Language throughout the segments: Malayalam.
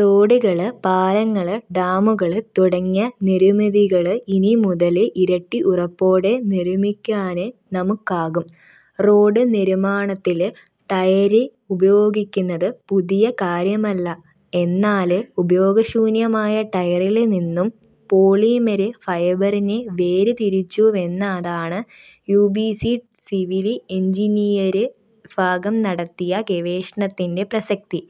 റോഡുകള്, പാലങ്ങള്, ഡാമുകള് തുടങ്ങിയ നിര്മിതികള് ഇനിമുതല് ഇരട്ടി ഉറപ്പോടെ നിര്മിക്കാന് നമുക്കാകും. റോഡ് നിര്മാണത്തില് ടയര് ഉപയോഗിക്കുന്നത് പുതിയ കാര്യമല്ല എന്നാല് ഉപയോഗശൂന്യമായ ടയറില് നിന്നും പോളിമെര് ഫൈബറിനെ വേര്ത്തിരിച്ചുവെന്നതാണ് യുബിസി സിവില് എഞ്ചിനീയര് വിഭാഗം നടത്തിയ ഗവേഷണത്തിന്റെ പ്രസക്തി.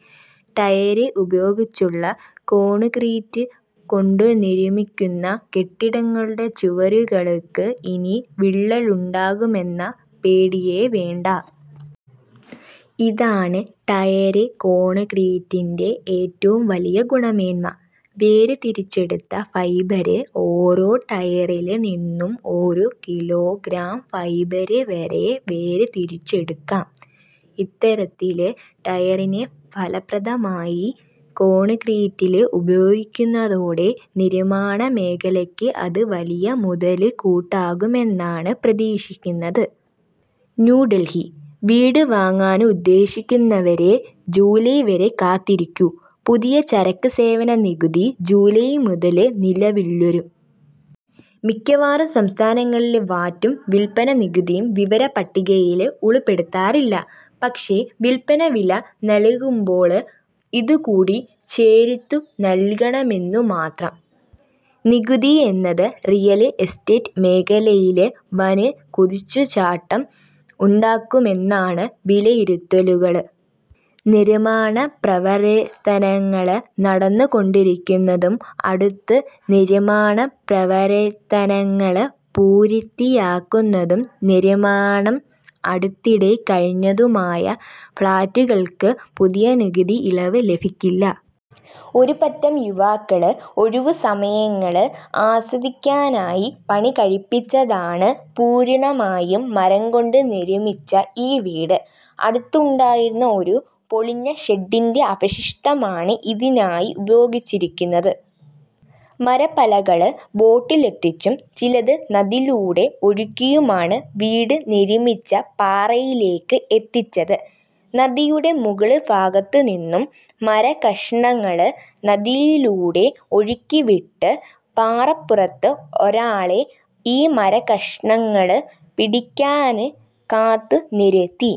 ടയര് ഉപയോഗിച്ചുള്ള കോണ്ക്രീറ്റ് കൊണ്ടുനിര്മിക്കുന്ന കെട്ടിടങ്ങളുടെ ചുവരുകള്ക്ക് ഇനി വിള്ളലുണ്ടാകുമെന്ന പേടിയെ വേണ്ട. ഇതാണ് ടയര് കോണ്ക്രീറ്റിന്റെ ഏറ്റവും വലിയ ഗുണമേന്മ വേര്തിരിച്ചെടുത്ത ഫൈബര് ഒരോ ടയറില് നിന്നും ഒരു കിലോഗ്രാം ഫൈബര് വരെ വേര്തിരിച്ചെടുക്കാം. ഇത്തരത്തില് ടയറിനെ ഫലപ്രദമായി കോണ്ക്രീറ്റില് ഉപയോഗിക്കുന്നതോടെ നിര്മാണമേഖലയ്ക്ക് അത് വലിയ മുതല്കൂട്ടാകുമെന്നാണ് പ്രതീക്ഷിക്കുന്നത്. ന്യൂഡല്ഹി:വീട് വാങ്ങാന് ഉദ്ദേശിക്കുന്നവര് ജൂലൈ വരെ കാത്തിരിക്കു. പുതിയ ചരക്ക് സേവന നികുതി ജൂലൈ മുതല് നിലവില്വരും. മിക്കവാറും സംസ്ഥാനങ്ങളില് വാറ്റും വില്പ്പന നികുതിയും വിവരപ്പട്ടികയില് ഉള്പ്പെടുത്താറില്ല. പക്ഷേ വില്പ്പന വില നല്കുമ്പോള് ഇതുകൂടി ചേര്ത്തുനല്കണമെന്നുമാത്രം. നികുതി എന്നത് റിയല് എസ്റ്റേറ്റ് മേഖലയില് വന് കുതിച്ചുചാട്ടം ഉണ്ടാക്കുമെന്നാണ് വിലയിരുത്തലുകള്. നിര്മാണപ്രവര്ത്തനങ്ങള് നടന്നുകൊണ്ടിരിക്കുന്നതും, അടുത്ത് നിര്മാണ പ്രവര്ത്തനങ്ങള് പൂര്ത്തിയാകുന്നതും, നിര്മാണം അടുത്തിടെ കഴിഞ്ഞതുമായ ഫ്ളാറ്റുകള്ക്ക് പുതിയ നികുതി ഇളവ് ലഭിക്കില്ല. ഒരു പറ്റം യുവാക്കള് ഒഴിവുസമയങ്ങള് ആസ്വദിക്കാനായി പണികഴിപ്പിച്ചതാണ് പൂര്ണമായും മരം കൊണ്ട് നിര്മിച്ച ഈ വീട്. അടുത്ത് ഉണ്ടായിരുന്ന ഒരു പൊളിഞ്ഞ ഷെഡ്ഡിന്റെ അവശിഷ്ടമാണ് ഇതിനായി ഉപയോഗിച്ചിരിക്കുന്നത്. മരപ്പലകള് ബോട്ടിലെത്തിച്ചും ചിലത് നദിലൂടെ ഒഴുക്കിയുമാണ് വീട് നിര്മിച്ച പാറയിലേക്ക് എത്തിച്ചത്. നദിയുടെ മുകള് ഭാഗത്തുനിന്നും മരകഷ്ണങ്ങള് നദിയിലൂടെ ഒഴുക്കിവിട്ട് പാറപ്പുറത്ത് ഒരാളെ ഈ മരകഷ്ണങ്ങള് പിടിയ്ക്കാന് കാത്തുനിര്ത്തി.